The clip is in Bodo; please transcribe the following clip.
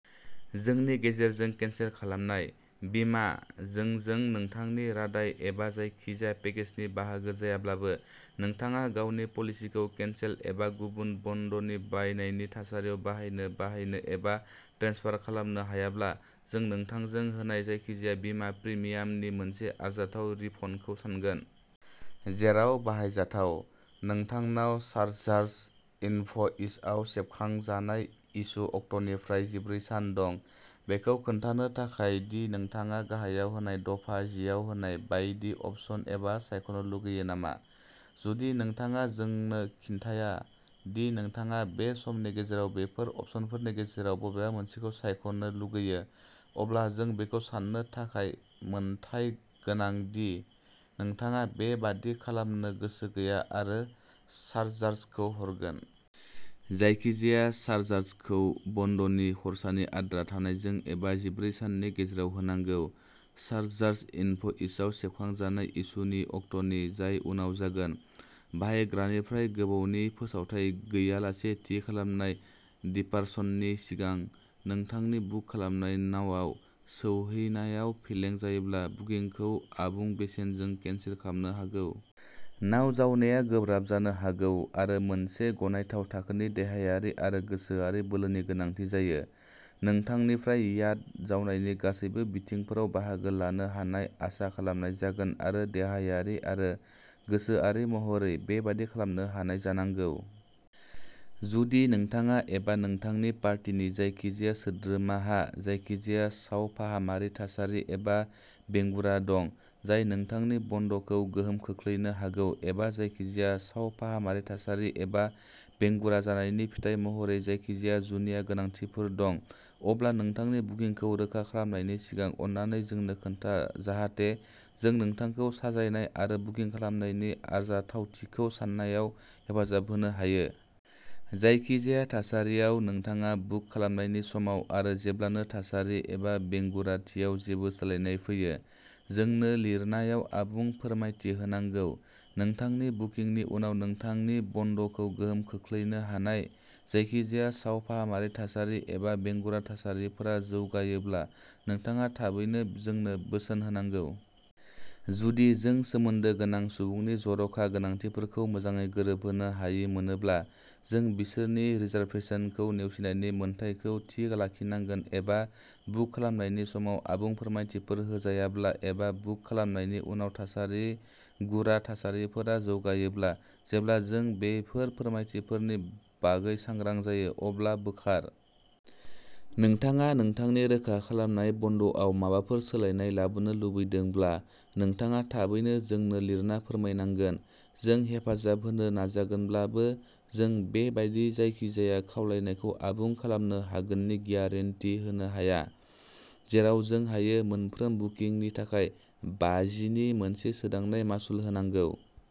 जोंनि गेजेरजों केनसेल खालामनाय। बीमा जोंजों नोंथांनि रादाय एबा जायखिजाया पेकेजनि बाहागो जायाब्लाबो, नोंथाङा गावनि पलिसिखौ केनसेल एबा गुबुन बन्दनि बायनायनि थासारियाव बाहायनो बाहायनो एबा ट्रेन्सफार खालामनो हायाब्ला जों नोंथांजों होनाय जायखिजाया बीमा प्रिमियामनि मोनसे आरजाथाव रिफन्डखौ सानगोन। जेराव बाहायजाथाव, नोंथांनाव सारचार्ज इनभ'इसआव सेबखांजानाय इस्यू अक्टनिफ्राय जिब्रै सान दं, बेखौ खोन्थानो थाखाय दि नोंथाङा गाहायाव होनाय दफा जिआव होनाय बायदि अपसन एबा सायख'नो लुगैयो नामा। जुदि नोंथाङा जोंनो खिन्थिया दि नोंथाङा बे समनि गेजेराव बेफोर अपसनफोरनि गेजेराव बबेबा मोनसेखौ सायख'नो लुगैयो, अब्ला जों बेखौ सान्नो थाखाय मोनथाय गोनां दि नोंथाङा बेबादि खालामनो गोसो गैया आरो सारचार्जखौ हरगोन। जायखिजाया सारचार्जखौ बन्दनि खरसानि आद्रा थानायजों एबा जिब्रै साननि गेजेराव होनांगौ। सारचार्ज इनभ'इसआव सेबखांजानाय इस्यूनि अक्ट'नि, जाय उनाव जागोन। बाहायग्रानिफ्राय गोबावनि फोसावथाइ गैयालासे थि खालामनाय दिपार्चननि सिगां नोंथांनि बुक खालामनाय नावआव सौहैनायाव फेलें जायोब्ला बुकिंखौ आबुं बेसेनजों केनसेल खालामनो हागौ। नाव जावनाया गोब्राब जानो हागौ आरो मोनसे गनायथाव थाखोनि देहायारि आरो गोसोआरि बोलोनि गोनांथि जायो। नोंथांनिफ्राय याट जावनायनि गासैबो बिथिंफोराव बाहागो लानो हानाय आसा खालामनाय जागोन आरो देहायारि आरो गोसोआरि महरै बेबादि खालामनो हानाय जानांगौ। जुदि नोंथाङा एबा नोंथांनि पार्टीनि जायखिजाया सोद्रोमाहा जायखिजाया सावफाहामारि थासारि एबा बेंगुरा दं जाय नोंथांनि बन्द'खौ गोहोम खोख्लैनो हागौ एबा जायखिजाया सावफाहामारि थासारि एबा बेंगुरा जानायनि फिथाय महरै जायखिजाया जुनिया गोनांथिफोर दं, अब्ला नोंथांनि बुकिंखौ रोखा खालामनायनि सिगां अन्नानै जोंनो खोन्था जाहाथे जों नोंथांखौ साजायनाय आरो बुकिं खालामनायनि आरजाथावथिखौ सान्नायाव हेफाजाब होनो हायो। जायखिजाया थासारियाव, नोंथाङा बुक खालामनायनि समाव आरो जेब्लानो थासारि एबा बेंगुराथियाव जेबो सोलायनाय फैयो, जोंनो लिरनायाव आबुं फोरमायथि होनांगौ। नोंथांनि बुकिंनि उनाव नोंथांनि बन्द'खौ गोहोम खोख्लैनो हानाय जायखिजाया सावफाहामारि थासारि एबा बेंगुरा थासारिफोरा जौगायोब्ला नोंथाङा थाबैनो जोंनो बोसोन होनांगौ। जुदि जों सोमोन्दो गोनां सुबुंनि जर'खा गोनांथिफोरखौ मोजाङै गोरोबहोनो हायि मोनोब्ला, जों बिसोरनि रिजार्भेसनखौ नेवसिनायनि मोन्थाइखौ थि लाखिनांगोन एबा, बुक खालामनायनि समाव आबुं फोरमायथिफोर होजायाब्ला एबा बुक खालामनायनि उनाव थासारि गुरा थासारिफोरा जौगायोब्ला, जेब्ला जों बेफोर फोरमायथिफोरनि बागै सांग्रां जायो, अब्ला बोखार। नोंथाङा नोंथांनि रोखा खालामनाय बन्द'आव माबाफोर सोलायनाय लाबोनो लुबैदोंब्ला, नोंथाङा थाबैनो जोंनो लिरना फोरमायनांगोन। जों हेफाजाब होनो नाजागोनब्लाबो, जों बेबादि जायखिजाया खावलायनायखौ आबुं खालामनो हागोननि ग्यारान्टि होनो हाया। जेराव जों हायो, मोनफ्रोम बुकिंनि थाखाय बाजिनि मोनसे सोदांनाय मासुल होनांगौ।